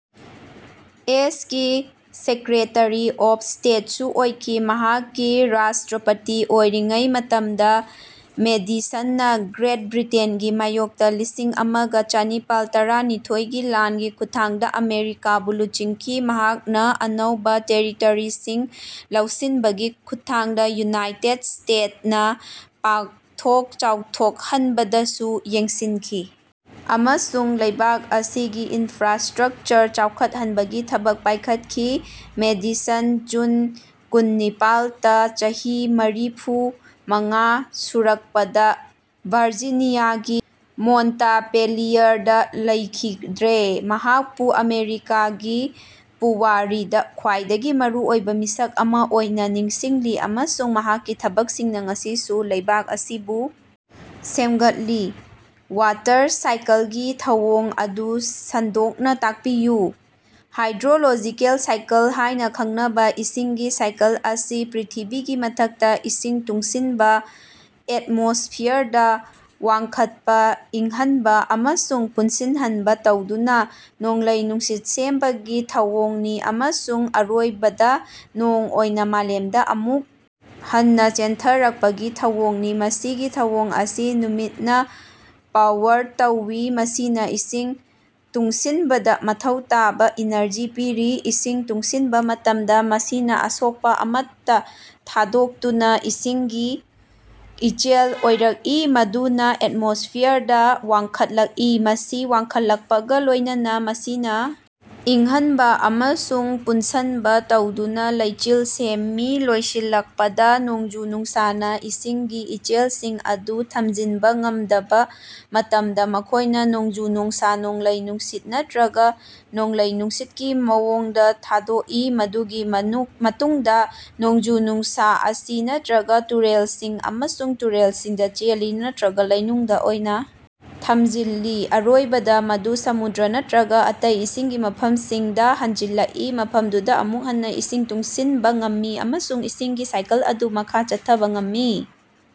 ꯑꯦꯁ ꯀꯤ secretary of ꯁ꯭ꯇꯦꯠꯁꯨ ꯑꯣꯏꯈꯤ꯫ ꯃꯍꯥꯛꯀꯤ ꯔꯥꯁꯇ꯭ꯔꯥꯄꯇꯤ ꯑꯣꯏꯔꯤꯉꯩ ꯃꯇꯝꯗ ꯃꯦꯗꯤꯁꯟꯅ ꯒ꯭ꯔꯦꯠ ꯕ꯭ꯔꯤꯇꯦꯟꯒꯤ ꯃꯥꯌꯣꯛꯇ ꯂꯤꯁꯤꯡ ꯑꯃꯒ ꯆꯅꯤꯄꯥꯜ ꯇꯔꯥꯅꯤꯊꯣꯏꯒꯤ ꯂꯥꯟꯒꯤ ꯈꯨꯠꯊꯥꯡꯗ ꯑꯃꯦꯔꯤꯀꯥꯕꯨ ꯂꯨꯆꯤꯡꯈꯤ꯫ ꯃꯍꯥꯛꯅ ꯑꯅꯧꯕ ꯇꯦꯔꯤꯇꯣꯔꯤꯁꯤꯡ ꯂꯧꯁꯤꯟꯕꯒꯤ ꯈꯨꯠꯊꯥꯡꯗ ꯌꯨꯅꯥꯏꯇꯦꯗ ꯁ꯭ꯇꯦꯗ ꯅꯥ ꯄꯥꯛꯊꯣꯛ ꯆꯥꯎꯊꯣꯛꯍꯟꯕꯗꯁꯨ ꯌꯦꯡꯁꯤꯟꯈꯤ ꯑꯃꯁꯨꯡ ꯂꯩꯕꯥꯛ ꯑꯁꯤꯒꯤ ꯏꯅꯐ꯭ꯔꯥꯁꯇ꯭ꯔꯛꯆꯔ ꯆꯥꯎꯈꯠꯍꯟꯕꯒꯤ ꯊꯕꯛ ꯄꯥꯢꯈꯠꯈꯤ꯫ ꯃꯦꯗꯤꯁꯟ ꯖꯨꯟ ꯀꯨꯟꯅꯤꯄꯥꯜ ꯇꯥ ꯆꯍꯤ ꯃꯔꯤꯐꯨ ꯃꯉꯥ ꯁꯨꯔꯛꯄꯗ ꯚꯥꯔꯖꯤꯅꯤꯌꯥꯒꯤ ꯃꯣꯟꯇꯄꯦꯂꯤꯌꯔꯗ ꯂꯩꯈꯤꯗ꯭ꯔꯦ꯫ ꯃꯍꯥꯛꯄꯨ ꯑꯃꯦꯔꯤꯀꯥꯒꯤ ꯄꯨꯋꯥꯔꯤꯗ ꯈ꯭ꯋꯥꯏꯗꯒꯤ ꯃꯔꯨꯑꯣꯏꯕ ꯃꯤꯁꯛ ꯑꯃ ꯑꯣꯏꯅ ꯅꯤꯡꯁꯤꯡꯂꯤ ꯑꯃꯁꯨꯡ ꯃꯍꯥꯛꯀꯤ ꯊꯕꯛꯁꯤꯡꯅ ꯉꯁꯤꯁꯨ ꯂꯩꯕꯥꯛ ꯑꯁꯤꯕꯨ ꯁꯦꯝꯒꯠꯂꯤ꯫ ꯋꯥꯇꯔ ꯁꯥꯏꯀꯜꯒꯤ ꯊꯧꯑꯣꯡ ꯑꯗꯨ ꯁꯟꯗꯣꯛꯅ ꯇꯥꯛꯄꯤꯌꯨ꯫ ꯍꯥꯏꯗ꯭ꯔꯣꯂꯣꯖꯤꯀꯦꯜ ꯁꯥꯏꯀꯜ ꯍꯥꯢꯅ ꯈꯪꯅꯕ ꯏꯁꯤꯡꯒꯤ ꯁꯥꯏꯀꯜ ꯑꯁꯤ ꯄ꯭ꯔꯤꯊꯤꯕꯤꯒꯤ ꯃꯊꯛꯇ ꯏꯁꯤꯡ ꯇꯨꯡꯁꯤꯟꯕ ꯑꯦꯠꯃꯣꯁꯐꯤꯌꯔꯗ ꯋꯥꯡꯈꯠꯄ, ꯏꯪꯍꯟꯕ ꯑꯃꯁꯨꯡ ꯄꯨꯟꯁꯤꯟꯍꯟꯕ ꯇꯧꯗꯨꯅ ꯅꯣꯡꯂꯩ-ꯅꯨꯡꯁꯤꯠ ꯁꯦꯝꯕꯒꯤ ꯊꯧꯑꯣꯡꯅꯤ ꯑꯃꯁꯨꯡ ꯑꯔꯣꯏꯕꯗ ꯅꯣꯡ ꯑꯣꯏꯅ ꯃꯥꯂꯦꯝꯗ ꯑꯃꯨꯛ ꯍꯟꯅ ꯆꯦꯟꯊꯔꯛꯄꯒꯤ ꯊꯧꯑꯣꯡꯅꯤ꯫ ꯃꯁꯤꯒꯤ ꯊꯧꯑꯣꯡ ꯑꯁꯤ ꯅꯨꯃꯤꯠꯅ ꯄꯥꯋꯔ ꯇꯧꯏ ꯃꯁꯤꯅ ꯏꯁꯤꯡ ꯇꯨꯡꯁꯤꯟꯕꯗ ꯃꯊꯧ ꯇꯥꯕ ꯏꯅꯔꯖꯤ ꯄꯤꯔꯤ꯫ ꯏꯁꯤꯡ ꯇꯨꯡꯁꯤꯟꯕ ꯃꯇꯝꯗ ꯃꯁꯤꯅ ꯑꯁꯣꯛꯄ ꯑꯃꯠꯇ ꯊꯥꯗꯣꯛꯇꯨꯅ ꯏꯁꯤꯡꯒꯤ ꯏꯆꯦꯜ ꯑꯣꯏꯔꯛꯏ ꯃꯗꯨꯅ ꯑꯦꯠꯃꯣꯁꯐꯤꯌꯔꯗ ꯋꯥꯡꯈꯠꯂꯛꯏ꯫ ꯃꯁꯤ ꯋꯥꯡꯈꯠꯂꯛꯄꯒ ꯂꯣꯢꯅꯅꯥ ꯃꯁꯤꯅ ꯏꯪꯍꯟꯕ ꯑꯃꯁꯨꯡ ꯄꯨꯟꯁꯟꯕ ꯇꯧꯗꯨꯅꯥ ꯂꯩꯆꯤꯜ ꯁꯦꯝꯃꯤ꯫ ꯂꯣꯏꯁꯤꯜꯂꯛꯄꯗ ꯅꯣꯡꯖꯨ-ꯅꯨꯡꯁꯥꯅ ꯏꯁꯤꯡꯒꯤ ꯏꯆꯦꯜꯁꯤꯡ ꯑꯗꯨ ꯊꯝꯖꯤꯟꯕ ꯉꯝꯗꯕ ꯃꯇꯝꯗ ꯃꯈꯣꯢꯅ ꯅꯣꯡꯖꯨ-ꯅꯨꯡꯁꯥ, ꯅꯣꯡꯂꯩ-ꯅꯨꯡꯁꯤꯠ ꯅꯠꯇ꯭ꯔꯒ ꯅꯣꯡꯂꯩ-ꯅꯨꯡꯁꯤꯠꯀꯤ ꯃꯑꯣꯡꯗ ꯊꯥꯗꯣꯛꯏ꯫ ꯃꯗꯨꯒꯤ ꯃꯇꯨꯡꯗ ꯅꯣꯡꯖꯨ-ꯅꯨꯡꯁꯥ ꯑꯁꯤ ꯅꯠꯇ꯭ꯔꯒ ꯇꯨꯔꯦꯜꯁꯤꯡ ꯑꯃꯁꯨꯡ ꯇꯨꯔꯦꯜꯁꯤꯡꯗ ꯆꯦꯜꯂꯤ ꯅꯠꯇ꯭ꯔꯒ ꯂꯩꯅꯨꯡꯗ ꯑꯣꯏꯅ ꯊꯝꯖꯤꯜꯂꯤ ꯑꯔꯣꯏꯕꯗ ꯃꯗꯨ ꯁꯃꯨꯗ꯭ꯔ ꯅꯠꯇ꯭ꯔꯒ ꯑꯇꯩ ꯏꯁꯤꯡꯒꯤ ꯃꯐꯝꯁꯤꯡꯗ ꯍꯟꯖꯤꯜꯂꯛꯏ ꯃꯐꯝꯗꯨꯗ ꯑꯃꯨꯛ ꯍꯟꯅ ꯏꯁꯤꯡ ꯇꯨꯡꯁꯤꯟꯕ ꯉꯝꯃꯤ ꯑꯃꯁꯨꯡ ꯏꯁꯤꯡꯒꯤ ꯁꯥꯏꯀꯜ ꯑꯗꯨ ꯃꯈꯥ ꯆꯠꯊꯕ ꯉꯝꯃꯤ꯫